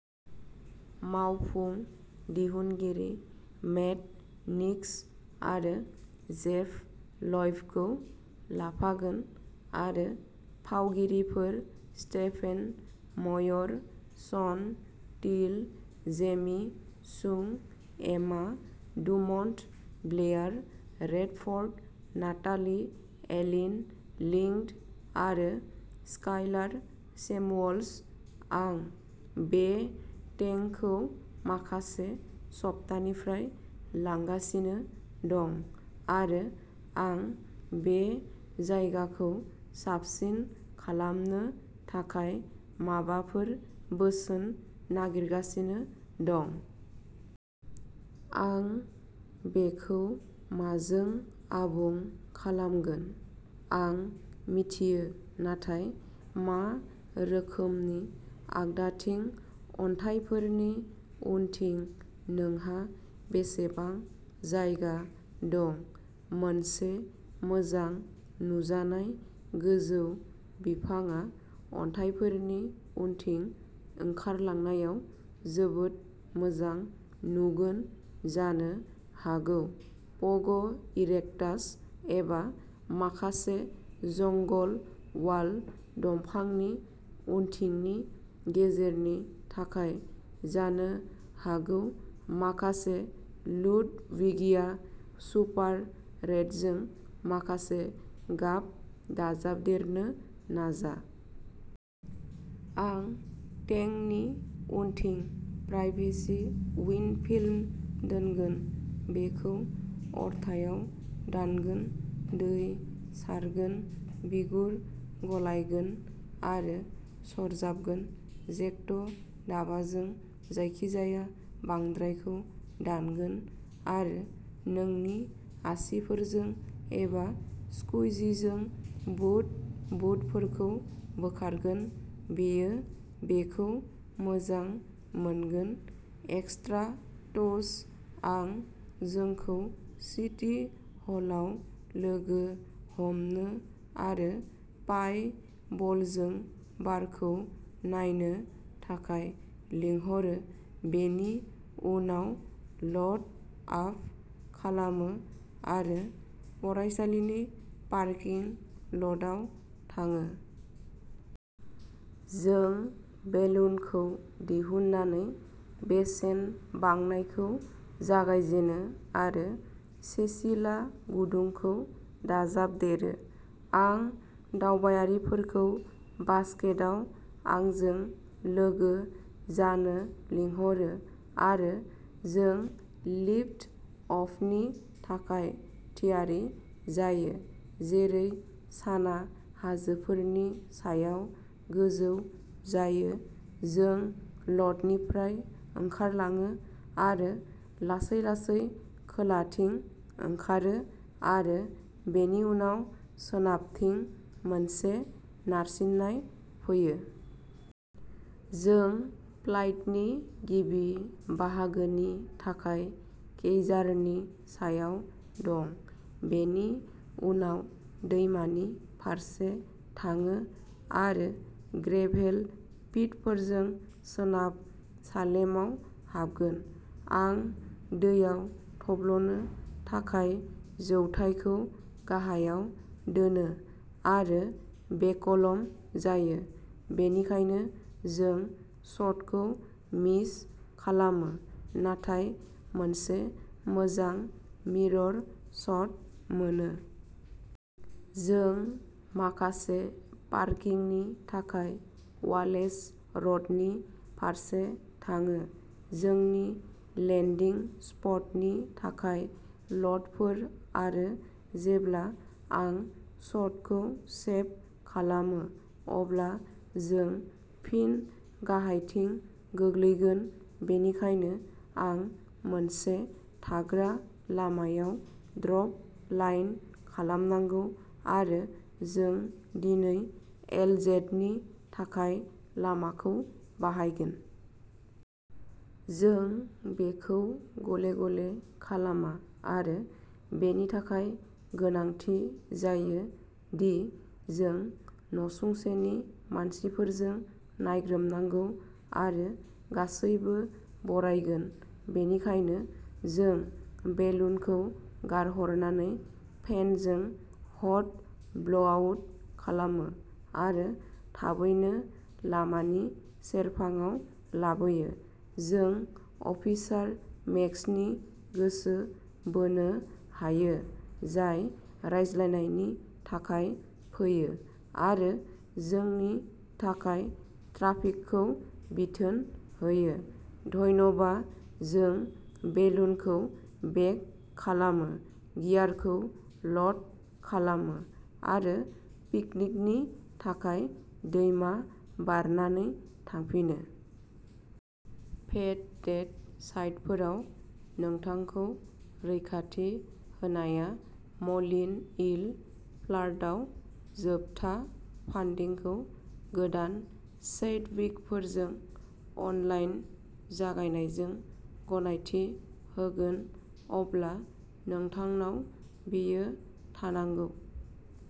मावफुं दिहुनगिरि Matt Nix आरो जेफ ल'इबखौ लाफागोन आरो फावगिरिफोर Stephen Moyer Sean Teale Jamie Chung Emma Dumont Blair Redford Natalie Alyn Lind आरो स्काइलार सेमुअल्स। आं बे टेंकखौ माखासे सप्तानिफ्राय लांगासिनो दं आरो आं बे जायगाखौ साबसिन खालामनो थाखाय माबाफोर बोसोन नागिरगासिनो दं। आं बेखौ माजों आबुं खालामगोन आं मिथियो नाथाय मा रोखोमनि आगदाथिं अन्थाइफोरनि उनथिं नोंहा बेसेबां जायगा दं मोनसे मोजां नुजानाय गोजौ बिफांआ अन्थाइफोरनि उनथिं ओंखारलांनायाव जोबोद मोजां नुगोन जानो हागौ प'ग'इरेक्टास एबा माखासे जंगल वाल दंफांनि उनथिंनि गेजेरनि थाखाय जानो हागौ माखासे लुडविगिया सुपार रेडजों माखासे गाब दाजाबदेरनो नाजा। आं टेंकनि उनथिं प्राइभेसि उइन्ड'फिल्म दोनगोन बेखौ अरथायाव दानगोन दै सारगोन बिगुर गलायगोन आरो सरजाबगोन जेक्ट'दाबाजों जायखिजाया बांद्रायखौ दानगोन आरो नोंनि आसिफोरजों एबा स्कुइजिजों बुद बुदफोरखौ बोखारगोन बेयो बेखौ मोजां मोनगोन। एक्सट्रा टच आं जोंखौ सिटी हलाव लोगो हमनो आरो पाइ बलजों बारखौ नायनो थाखाय लिंहरो बेनि उनाव ल'ड आप खालामो आरो फरायसालिनि पार्किं ल'टआव थाङो। जों बेलुनखौ दिहुननानै बेसेन बांनायखौ जागायजेनो आरो सेसिला गुदुंखौ दाजाबदेरो। आं दावबायारिफोरखौ बास्केटआव आंजों लोगो जानो लिंहरो आरो जों लिफ्ट अफनि थाखाय थियारि जायो जेरै सानआ हाजोफोरनि सायाव गोजौ जायो। जों ल'टनिफ्राय ओंखारलाङो आरो लासै लासै खोलाथिं ओंखारो आरो बेनि उनाव सोनाबथिं मोनसे नारसिन्नाय फैयो। जों फ्लाइटनि गिबि बाहागोनि थाखाय केइजारनि सायाव दं बेनि उनाव दैमानि फारसे थाङो आरो ग्रेभेल पिटफोरजों सोनाब सालेमआव हाबगोन। आं दैयाव थब्लनो थाखाय जौथाइखौ गाहायाव दोनो आरो बेकलम जायो बेनिखायनो जों शटखौ मिस खालामो नाथाय मोनसे मोजां मिरर शट मोनो। जों माखासे पार्किंनि थाखाय वालेस र'डनि फारसे थाङो। जोंनि लेन्दिं स्पटनि थाखाय ल'टफोर आरो जेब्ला आं शटखौ सेब खालामो अब्ला जों फिन गाहायथिं गोग्लैगोन बेनिखायनो आं मोनसे थाग्रा लामायाव ड्रप लाइन खालामनांगौ आरो जों दिनै एलजेडनि थाखाय लामाखौ बाहायगोन। जों बेखौ गले गले खालामा आरो बेनि थाखाय गोनांथि जायो दि जों नसुंसेनि मानसिफोरजों नायग्रोमनांगौ आरो गासैबो बरायगोन बेनिखायनो जों बेलुनखौ गारहरनानै फेनजों हट ब्ल'आउट खालामो आरो थाबैनो लामानि सेरफाङाव लाबोयो। जों अफिसार मेक्सनि गोसो बोनो हायो जाय रायज्लायनायनि थाखाय फैयो आरो जोंनि थाखाय ट्राफिकखौ बिथोन होयो धन्यबा जों बेलुनखौ बेग खालामो गियारखौ ल'ड खालामो आरो पिकनिकनि थाखाय दैमा बारनानै थांफिनो। फेद डेट साइटफोराव नोंथांखौ रैखाथि होनाया म'लिन इल फ्लार्टआव जोबथा फान्डिंखौ गोदान चैडविकफोरजों अनलाइन जागायनायजों गनायथि होगोन अब्ला नोंथांनाव बेयो थानांगौ।